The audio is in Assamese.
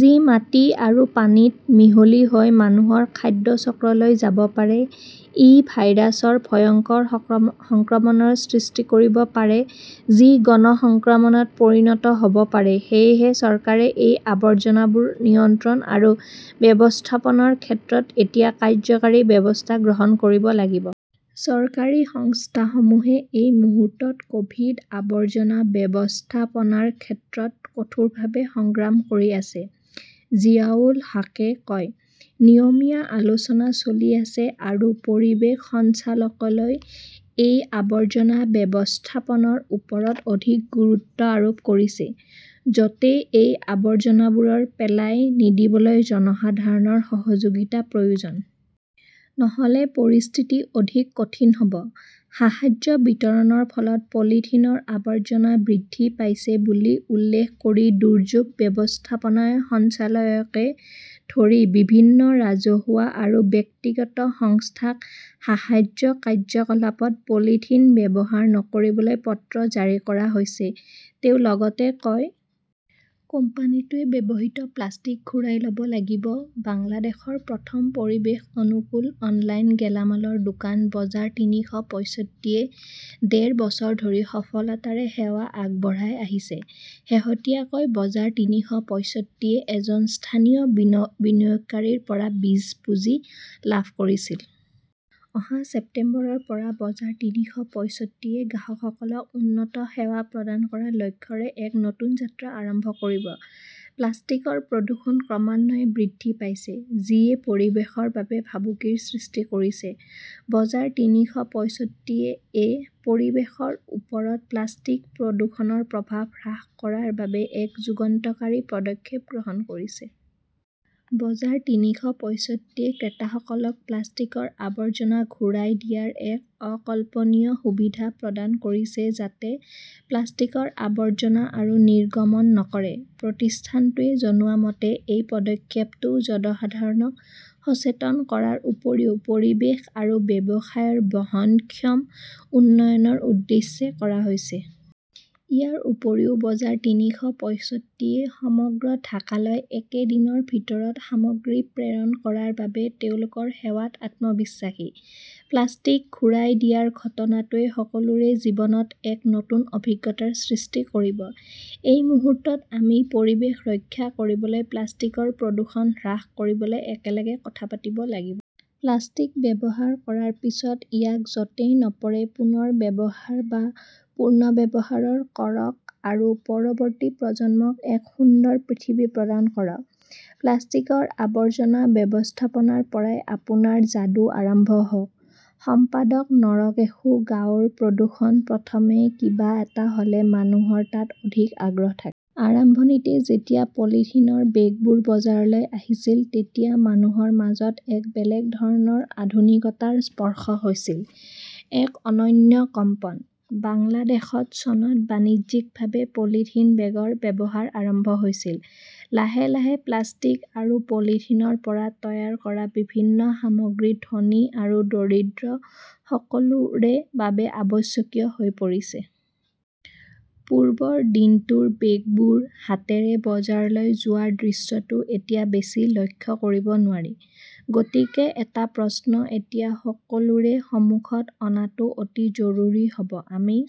যি মাটি আৰু পানীত মিহলি হৈ মানুহৰ খাদ্য চক্ৰলৈ যাব পাৰে। ই ভাইৰাছৰ ভয়ংকৰ সংক্ৰমণৰ সৃষ্টি কৰিব পাৰে, যি গণ সংক্ৰমণত পৰিণত হ 'ব পাৰে। সেয়েহে চৰকাৰে এই আৱৰ্জনাবোৰ নিয়ন্ত্ৰণ আৰু ব্যৱস্থাপনাৰ ক্ষেত্ৰত এতিয়া কাৰ্যকৰী ব্যৱস্থা গ্ৰহণ কৰিব লাগিব। চৰকাৰী সংস্থাসমূহে এই মুহূৰ্তত ক’ভিড- আৱৰ্জনা ব্যৱস্থাপনাৰ ক্ষেত্ৰত কঠোৰভাৱে সংগ্ৰাম কৰি আছে, জিয়াউল হাকে কয়। নিয়মীয়া আলোচনা চলি আছে আৰু পৰিৱেশ সঞ্চালকালয়ই এই আৱৰ্জনা ব্যৱস্থাপনাৰ ওপৰত অধিক গুৰুত্ব আৰোপ কৰিছে। য 'তেই এই আৱৰ্জনাবোৰ পেলাই নিদিবলৈ জনসাধাৰণৰ সহযোগিতাৰ প্ৰয়োজন। নহ’লে পৰিস্থিতি অধিক কঠিন হ’ব। সাহায্য বিতৰণৰ ফলত পলিথিনৰ আৱৰ্জনা বৃদ্ধি পাইছে বুলি উল্লেখ কৰি দুৰ্যোগ ব্যৱস্থাপনা সঞ্চালকালয়কে ধৰি বিভিন্ন ৰাজহুৱা আৰু ব্যক্তিগত সংস্থাক সাহায্য কাৰ্যকলাপত পলিথিন ব্যৱহাৰ নকৰিবলৈ পত্ৰ জাৰি কৰা হৈছে, তেওঁ লগতে কয়। কোম্পানীটোৱে ব্যৱহৃত প্লাষ্টিক ঘূৰাই ল 'ব লাগিব বাংলাদেশৰ প্ৰথম পৰিৱেশ-অনুকূল অনলাইন গেলামালৰ দোকান বজাৰতিনিশ পয়ষষ্ঠি-এ ডেৰ বছৰ ধৰি সফলতাৰে সেৱা আগবঢ়াই আহিছে। শেহতীয়াকৈ বজাৰ তিনিশ পয়ষষ্ঠি-এ এজন স্থানীয় বিনিয়োগকাৰীৰ পৰা বীজ পুঁজি লাভ কৰিছিল। অহা ছেপ্টেম্বৰৰ পৰা বজাৰ তিনিশ পয়ষষ্ঠি-এ গ্ৰাহকসকলক উন্নত সেৱা প্ৰদান কৰাৰ লক্ষ্যৰে এক নতুন যাত্ৰা আৰম্ভ কৰিব। প্লাষ্টিকৰ প্ৰদূষণ ক্ৰমান্বয়ে বৃদ্ধি পাইছে, যিয়ে পৰিৱেশৰ বাবে ভাবুকিৰ সৃষ্টি কৰিছে। বজাৰ তিনিশ পয়ষষ্ঠি-এ পৰিৱেশৰ ওপৰত প্লাষ্টিক প্ৰদূষণৰ প্ৰভাৱ হ্ৰাস কৰাৰ বাবে এক যুগান্তকাৰী পদক্ষেপ গ্ৰহণ কৰিছে। বজাৰ তিনিশ পয়ষষ্ঠি-এ ক্ৰেতাসকলক প্লাষ্টিকৰ আৱৰ্জনা ঘূৰাই দিয়াৰ এক অকল্পনীয় সুবিধা প্ৰদান কৰিছে যাতে প্লাষ্টিকৰ আৱৰ্জনা আৰু নিৰ্গমন নকৰে। প্ৰতিষ্ঠানটোৱে জনোৱা মতে, এই পদক্ষেপটো জনসাধাৰণক সচেতন কৰাৰ উপৰিও পৰিৱেশ আৰু ব্যৱসায়ৰ বহনক্ষম উন্নয়নৰ উদ্দেশ্যে কৰা হৈছে। ইয়াৰ উপৰিও, বজাৰতিনিশ পয়ষষ্ঠি-এ সমগ্ৰ ঢাকালৈ একে দিনৰ ভিতৰত সামগ্ৰী প্ৰেৰণ কৰাৰ বাবে তেওঁলোকৰ সেৱাত আত্মবিশ্বাসী। প্লাষ্টিক ঘূৰাই দিয়াৰ ঘটনাটোৱে সকলোৰে জীৱনত এক নতুন অভিজ্ঞতাৰ সৃষ্টি কৰিব। এই মুহূৰ্তত আমি পৰিৱেশ ৰক্ষা কৰিবলৈ প্লাষ্টিকৰ প্ৰদূষণ হ্ৰাস কৰিবলৈ একেলগে কথা পাতিব লাগিব। প্লাষ্টিক ব্যৱহাৰ কৰাৰ পিছত ইয়াক য 'তেই নপৰে পুনৰ ব্যৱহাৰ বা পুনৰ্ব্যৱহাৰ কৰক আৰু পৰৱৰ্তী প্ৰজন্মক এক সুন্দৰ পৃথিৱী প্ৰদান কৰক। প্লাষ্টিকৰ আৱৰ্জনা ব্যৱস্থাপনাৰ পৰাই আপোনাৰ যাদু আৰম্ভ হওঁক! সম্পাদক নৰকেশুঃ গাঁৱৰ প্ৰদূষণ প্ৰথমে কিবা এটা হ’লে মানুহৰ তাত অধিক আগ্ৰহ থাকে। আৰম্ভণিতে যেতিয়া পলিথিনৰ বেগবোৰ বজাৰলৈ আহিছিল, তেতিয়া মানুহৰ মাজত এক বেলেগ ধৰণৰ আধুনিকতাৰ স্পৰ্শ হৈছিল, এক অনন্য কম্পন। বাংলাদেশত চনত বাণিজ্যিকভাৱে পলিথিন বেগৰ ব্যৱহাৰ আৰম্ভ হৈছিল। লাহে লাহে প্লাষ্টিক আৰু পলিথিনৰ পৰা তৈয়াৰ কৰা বিভিন্ন সামগ্ৰী ধনী আৰু দৰিদ্ৰ সকলোৰে বাবে অত্যাৱশ্যকীয় হৈ পৰিছে। পূৰ্বৰ দিনটোৰ বেগবোৰ হাতেৰে বজাৰলৈ যোৱাৰ দৃশ্যটো এতিয়া বেছি লক্ষ্য কৰিব নোৱাৰি। গতিকে এটা প্ৰশ্ন এতিয়া সকলোৰে সন্মুখত অনাটো অতি জৰুৰী হ’ব-আমি